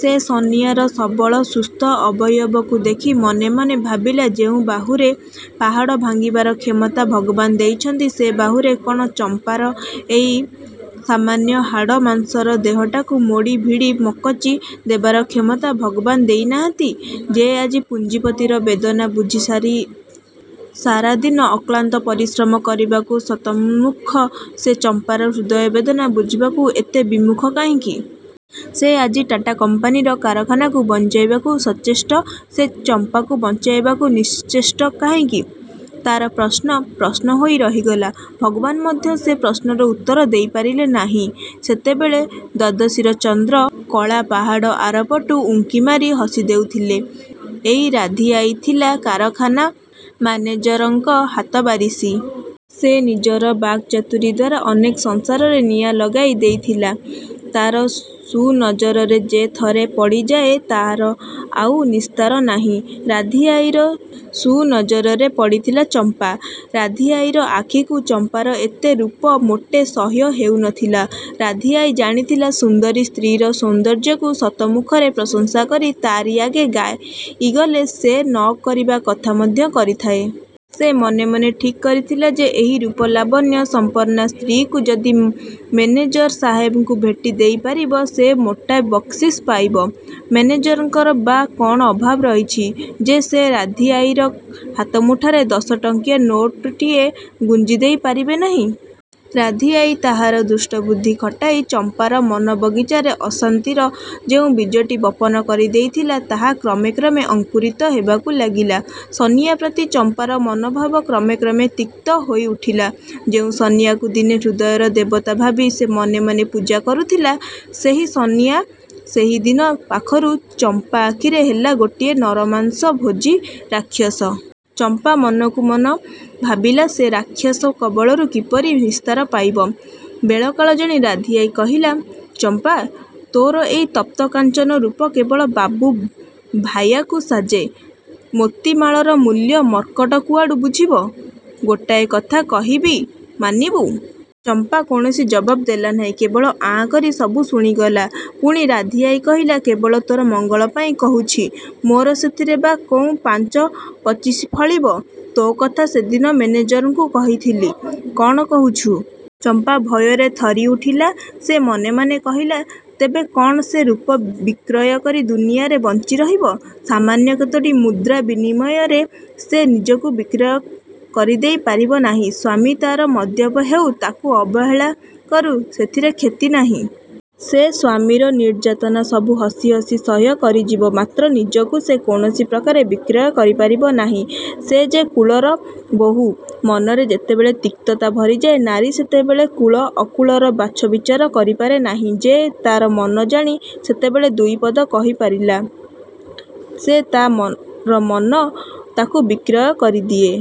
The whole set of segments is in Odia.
ସେ ସନିଆର ସବଳ ସୁସ୍ଥ ଅବୟବକୁ ଦେଖି ମନେମନେ ଭାବିଲା ଯେଉଁ ବାହୁରେ ପାହାଡ଼ ଭାଙ୍ଗିବାର କ୍ଷମତା ଭଗବାନ ଦେଇଛନ୍ତି ସେ ବାହୁରେ କ'ଣ ଚମ୍ପାର ଏଇ ସାମାନ୍ୟ ହାଡ଼ ମାଂସର ଦେହଟାକୁ ମୋଡ଼ି ଭିଡ଼ି ମକଚି ଦେବାର କ୍ଷମତା ଭଗବାନ ଦେଇନାହାନ୍ତି? ଯେ ଆଜି ପୁଞ୍ଜିପତିର ବେଦନା ବୁଝି ସାରାଦିନ ଅକ୍ଳାନ୍ତ ପରିଶ୍ରମ କରିବାକୁ ଶତନ୍ମୁଖ, ସେ ଚମ୍ପାର ହୃଦୟ ବେଦନା ବୁଝିବାକୁ ଏତେ ବିମୁଖ କାହିଁକି? ଯେ ଆଜି ଟାଟା କମ୍ପାନୀର କାରଖାନାକୁ ବଞ୍ଚାଇବାକୁ ସଚେଷ୍ଟ ସେ ଚମ୍ପାକୁ ବଞ୍ଚାଇବାକୁ ନିଶ୍ଚେଷ୍ଟ କାହିଁକି? ତା'ର ପ୍ରଶ୍ନ, ପ୍ରଶ୍ନ ହୋଇ ରହିଗଲା। ଭଗବାନ ମଧ୍ୟ ସେ ପ୍ରଶ୍ନର ଉତ୍ତର ଦେଇ ପାରିଲେ ନାହିଁ। ସେତେବେଳେ ଦ୍ୱାଦଶୀର ଚନ୍ଦ୍ର କଳାପାହାଡ଼ ଆରପଟୁ ଉଙ୍କିମାରି ହସିଦେଉଥିଲେ। ଏହି ରାଧୀଆଈ ଥିଲା କାରଖାନା ମାନେଜରଙ୍କ ହାତବାରିଶି। ସେ ନିଜର ବାକ୍ଚାତୁରୀଦ୍ୱାରା ଅନେକ ସଂସାରରେ ନିଆଁ ଲଗାଇ ଦେଇଥିଲା। ତା'ର ସୁନଜରରେ ଯେ ଥରେ ପଡ଼ିଯାଏ ତାହାର ଆଉ ନିସ୍ତାର ନାହିଁ। ରାଧୀଆଈର ସୁନଜରରେ ପଡ଼ିଥିଲା ଚମ୍ପା। ରାଧୀଆଈର ଆଖିକୁ ଚମ୍ପାର ଏତେ ରୂପ ମୋଟେ ସହ୍ୟ ହେଉନଥିଲା। ରାଧୀଆଈ ଜାଣିଥିଲା, ସୁନ୍ଦରୀ ସ୍ତ୍ରୀର ସୌନ୍ଦର୍ଯ୍ୟକୁ ଶତମୁଖରେ ପ୍ରଶଂସା କରି ତାରି ଆଗେ ଗାଇଗଲେ ସେ ନ କରିବା କଥା ମଧ୍ୟ କରିଥାଏ। ସେ ମନେମନେ ଠିକ୍ କରିଥିଲା ଯେ ଏହି ରୂପ ଲାବଣ୍ୟ ସମ୍ପର୍ଣ୍ଣା ସ୍ତ୍ରୀକୁ ଯଦି ମେନେଜର ସାହେବଙ୍କୁ ଭେଟି ଦେଇପାରିବ ସେ ମୋଟା ବକ୍ସିସ୍ ପାଇବ। ମେନେଜରଙ୍କର ବା କ'ଣ ଅଭାବ ରହିଛି ଯେ ସେ ରାଧୀଆଈର ହାତମୁଠାରେ ଦଶଟଙ୍କିଆ ନୋଟଟିଏ ଗୁଞ୍ଜିଦେଇ ପାରିବେ ନାହିଁ? ରାଧୀଆଈ ତାହାର ଦୁଷ୍ଟବୁଦ୍ଧି ଖଟାଇ ଚମ୍ପାର ମନବଗିଚାରେ ଅଶାନ୍ତିର ଯେଉଁ ବୀଜଟି ବପନ କରିଦେଇଥିଲା ତାହା କ୍ରମେ କ୍ରମେ ଅଙ୍କୁରିତ ହେବାକୁ ଲାଗିଲା। ସନିଆ ପ୍ରତି ଚମ୍ପାର ମନଭାବ କ୍ରମେ କ୍ରମେ ତିକ୍ତ ହୋଇଉଠିଲା। ଯେଉଁ ସନିଆକୁ ଦିନେ ହୃଦୟର ଦେବତା ଭାବି ସେ ମନେମନେ ପୂଜା କରୁଥିଲା, ସେହି ସନିଆ ସେହିଦିନ ପାଖରୁ ଚମ୍ପା ଆଖିରେ ହେଲା ଗୋଟିଏ ନରମାଂସ ଭୋଜି ରାକ୍ଷସ। ଚମ୍ପା ମନକୁ ମନ ଭାବିଲା ସେ ରାକ୍ଷାସ କବଳରୁ କିପରି ନିସ୍ତାର ପାଇବ? ବେଳକାଳ ଜାଣି ରାଧୀଆଈ କହିଲା, ''ଚମ୍ପା! ତୋର ଏଇ ତପ୍ତକାଞ୍ଚନ ରୂପ କେବଳ ବାବୁ, ଭାୟାକୁ ସାଜେ। ମୋତି ମାଳର ମୂଲ୍ୟ ମର୍କଟ କୁଆଡ଼ୁ ବୁଝିବ? ଗୋଟାଏ କଥା କହିବି ମାନିବୁ? '' ଚମ୍ପା କୌଣସି ଜବାବ୍ ଦେଲା ନାହିଁ। କେବଳ ଆଁ କରି ସବୁ ଶୁଣିଗଲା। ପୁଣି ରାଧୀଆଈ କହିଲା, ''କେବଳ ତୋର ମଙ୍ଗଳ ପାଇଁ କହୁଛି। ମୋର ସେଥିରେ ବା କଉଁ ପାଞ୍ଚ ପଚିଶ ଫଳିବ। ତୋ କଥା ସେଦିନ ମେନେଜରଙ୍କୁ କହିଥିଲି। କ'ଣ କହୁଛୁ? '' ଚମ୍ପା ଭୟରେ ଥରିଉଠିଲା। ସେ ମନେମନେ କହିଲା, ''ତେବେ କ'ଣ ସେ ରୂପ ବିକ୍ରୟକରି ଦୁନିଆରେ ବଞ୍ଚିରହିବ? ସାମାନ୍ୟ କେତୋଟି ମୁଦ୍ରା ବିନିମୟରେ ସେ ନିଜକୁ ବିକ୍ରୟ କରିଦେଇ ପାରିବ ନାହିଁ। ସ୍ୱାମୀ ତା'ର ମଦ୍ୟପ ହେଉ, ତାକୁ ଅବହେଳା କରୁ, ସେଥିରେ କ୍ଷତି ନାହିଁ। ସେ ସ୍ଵାମୀର ନିର୍ଯ୍ୟାତନା ସବୁ ହସି ହସି ସହ୍ୟ କରିଯିବ ମାତ୍ର ନିଜକୁ ସେ କୌଣସି ପ୍ରକାରେ ବିକ୍ରୟ କରିପାରିବ ନାହିଁ। ସେ ଯେ କୁଳର ବୋହୂ। '' ମନରେ ଯେତେବେଳେ ତିକ୍ତତା ଭରିଯାଏ ନାରୀ ସେତେବେଳେ କୁଳ, ଅକୁଳର ବାଛବିଚାର କରିପାରେ ନାହିଁ। ଯେ ତା'ର ମନଜାଣି ସେତେବେଳେ ଦୁଇପଦ କହିପାରିଲା ସେ ତା'ର ମନ ତାକୁ ବିକ୍ରୟ କରିଦିଏ।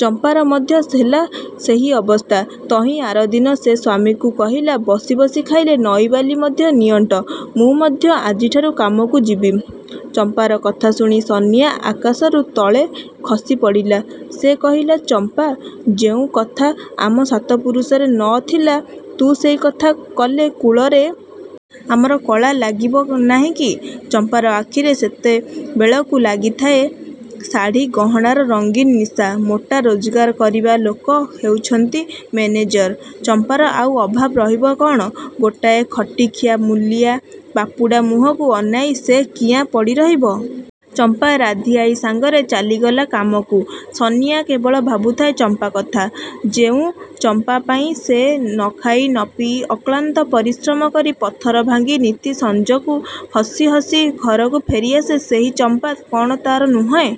ଚମ୍ପାର ମଧ୍ୟ ହେଲା ସେହି ଅବସ୍ଥା। ତହିଁ ଆରଦିନ ସେ ସ୍ୱାମୀକୁ କହିଲା, ''ବସି ବସି ଖାଇଲେ ନଈବାଲି ମଧ୍ୟ ନିଅଣ୍ଟ। ମୁଁ ମଧ୍ୟ ଆଜିଠାରୁ କାମକୁ ଯିବି। '' ଚମ୍ପାର କଥା ଶୁଣି ସନିଆ ଆକାଶରୁ ତଳେ ଖସିପଡ଼ିଲା। ସେ କହିଲା, ''ଚମ୍ପା! ଯେଉଁ କଥା ଆମ ସାତ ପୁରୁଷରେ ନ ଥିଲା ତୁ ସେହି କଥା କଲେ କୁଳରେ। ଆମର କଳା ଲାଗିବ ନାହିଁକି-? '' ଚମ୍ପାର ଆଖିରେ ସେତେବେଳକୁ ଲାଗିଥାଏ ଶାଢ଼ି ଗହଣାର ରଙ୍ଗୀନ ନିଶା। ମୋଟା ରୋଜଗାର କରିବା ଲୋକ ହେଉଛନ୍ତି ମେନେଜର। ଚମ୍ପାର ଆଉ ଅଭାବ ରହିବ କ'ଣ? ଗୋଟାଏ ଖଟିଖିଆ ମୂଲିଆ ବାପୁଡ଼ା ମୁହଁକୁ ଅନାଇ ସେ କିଆଁ ପଡ଼ିରହିବ? ଚମ୍ପା ରାଧୀଆଈ ସାଙ୍ଗରେ ଚାଲିଗଲା କାମକୁ। ସନିଆ କେବଳ ଭାବୁଥାଏ ଚମ୍ପା କଥା-। ଯେଉଁ ଚମ୍ପା ପାଇଁ ସେ ନଖାଇ, ନପିଇ ଅକ୍ଳାନ୍ତ ପରିଶ୍ରମ କରି ପଥର ଭାଙ୍ଗି ନିତି ସଞ୍ଜକୁ ହସି ହସି ଘରକୁ ଫେରିଆସେ, ସେହି ଚମ୍ପା କ'ଣ ତା'ର ନୁହେଁ?